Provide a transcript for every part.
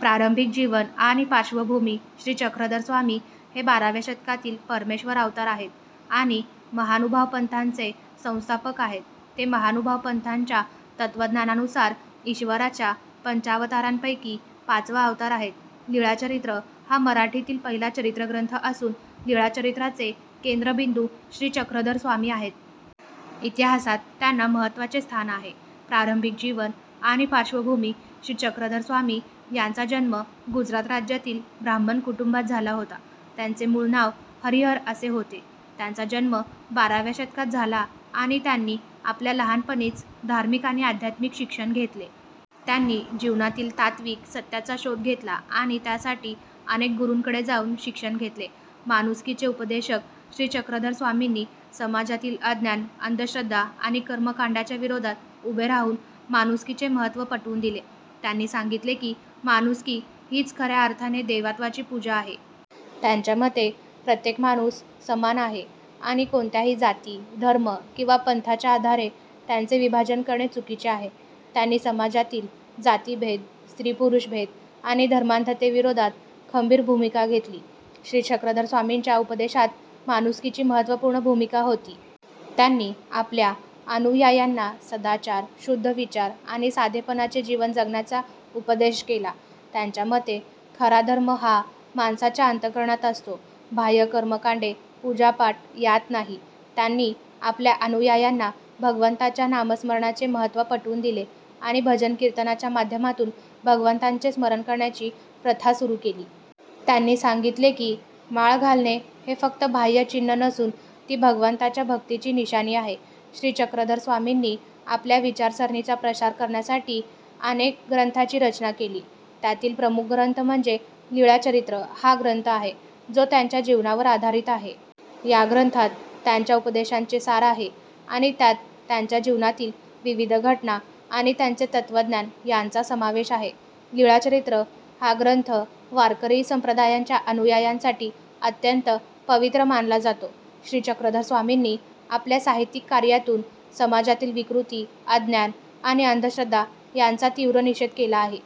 प्रारंभिक जीवन आणि पार्श्वभूमी श्री चक्रधर स्वामी हे बाराव्या शतकातील परमेश्वर अवतार आहेत आणि महानुभाव पंथाचे संस्थापक आहेत. ते महानुभाव पंथाच्या तत्त्वज्ञानानुसार ईश्वराच्या पंचावतारांपैकी पाचवा अवतार आहेत. लीळाचरित्र हा मराठीतील पहिला चरित्रग्रंथ असून, लीळाचरित्राचे केंद्रबिंदू श्री चक्रधर स्वामी आहेत. इतिहासात त्यांना महत्त्वाचे स्थान आहे. प्रारंभिक जीवन आणि पार्श्वभूमी श्री चक्रधर स्वामी यांचा जन्म गुजरात राज्यातील ब्राह्मण कुटुंबात झाला होता. त्यांचे मूळ नाव हरिहर असे होते. त्यांचा जन्म बाराव्या शतकात झाला आणि त्यांनी आपल्या लहानपणीच धार्मिक आणि आध्यात्मिक शिक्षण घेतले. त्यांनी जीवनातील तात्त्विक सत्याचा शोध घेतला आणि त्यासाठी अनेक गुरूंकडे जाऊन शिक्षण घेतले. माणुसकीचे उपदेशक श्री चक्रधर स्वामींनी समाजातील अज्ञान, अंधश्रद्धा आणि कर्मकांडांच्या विरोधात उभे राहून माणुसकीचे महत्त्व पटवून दिले. त्यांनी सांगितले की, माणुसकी हीच खऱ्या अर्थाने देवत्वाची पूजा आहे. त्यांच्या मते, प्रत्येक माणूस समान आहे आणि कोणत्याही जाती, धर्म किंवा पंथाच्या आधारे त्याचे विभाजन करणे चुकीचे आहे. त्यांनी समाजातील जातीभेद, स्त्री-पुरुष भेद आणि धर्मांधतेविरोधात खंबीर भूमिका घेतली. श्री चक्रधर स्वामींच्या उपदेशात माणुसकीची महत्त्वपूर्ण भूमिका होती. त्यांनी आपल्या अनुयायांना सदाचार, शुद्ध विचार आणि साधेपणाचे जीवन जगण्याचा उपदेश केला. त्यांच्या मते, खरा धर्म हा माणसाच्या अंतःकरणात असतो, बाह्य कर्मकांडे, पूजा-पाठ यांत नाही. त्यांनी आपल्या अनुयायांना भगवंताच्या नामस्मरणाचे महत्त्व पटवून दिले आणि भजन-कीर्तनाच्या माध्यमातून भगवंताचे स्मरण करण्याची प्रथा सुरू केली. त्यांनी सांगितले की, माळ घालणे हे फक्त बाह्य चिन्ह नसून, ती भगवंताच्या भक्तीची निशाणी आहे. श्री चक्रधर स्वामींनी आपल्या विचारसरणीचा प्रसार करण्यासाठी अनेक ग्रंथांची रचना केली. त्यातील प्रमुख ग्रंथ म्हणजे लीळाचरित्र हा ग्रंथ आहे, जो त्यांच्या जीवनावर आधारित आहे. या ग्रंथात त्यांच्या उपदेशांचे सार आहे आणि त्यात त्यांच्या जीवनातील विविध घटना आणि त्यांचे तत्त्वज्ञान यांचा समावेश आहे. लीळाचरित्र हा ग्रंथ वारकरी संप्रदायाच्या अनुयायांसाठी अत्यंत पवित्र मानला जातो. श्री चक्रधर स्वामींनी आपल्या साहित्यिक कार्यातून समाजातील विकृती, अज्ञान आणि अंधश्रद्धा यांचा तीव्र निषेध केला आहे.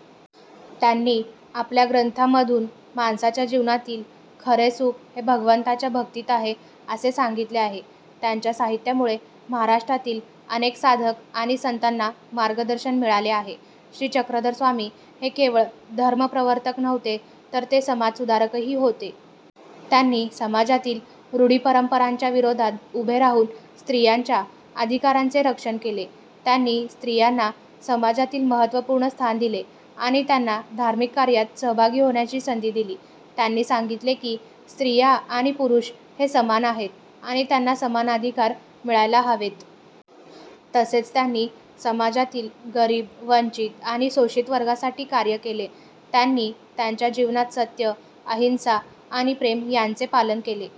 त्यांनी आपल्या ग्रंथांमधून माणसाच्या जीवनातील खरे सुख हे भगवंताच्या भक्तीत आहे, असे सांगितले आहे. त्यांच्या साहित्यामुळे महाराष्ट्रातील अनेक साधक आणि संतांना मार्गदर्शन मिळाले आहे. श्री चक्रधर स्वामी हे केवळ धर्मप्रवर्तक नव्हते, तर ते समाजसुधारकही होते. त्यांनी समाजातील रूढी-परंपरांच्या विरोधात उभे राहून स्त्रियांच्या अधिकारांचे रक्षण केले. त्यांनी स्त्रियांना समाजातील महत्त्वपूर्ण स्थान दिले आणि त्यांना धार्मिक कार्यात सहभागी होण्याची संधी दिली. त्यांनी सांगितले की, स्त्रिया आणि पुरुष हे समान आहेत आणि त्यांना समान अधिकार मिळायला हवेत. तसेच, त्यांनी समाजातील गरीब, वंचित आणि शोषित वर्गासाठी कार्य केले. त्यांनी त्यांच्या जीवनात सत्य, अहिंसा आणि प्रेम यांचे पालन केले.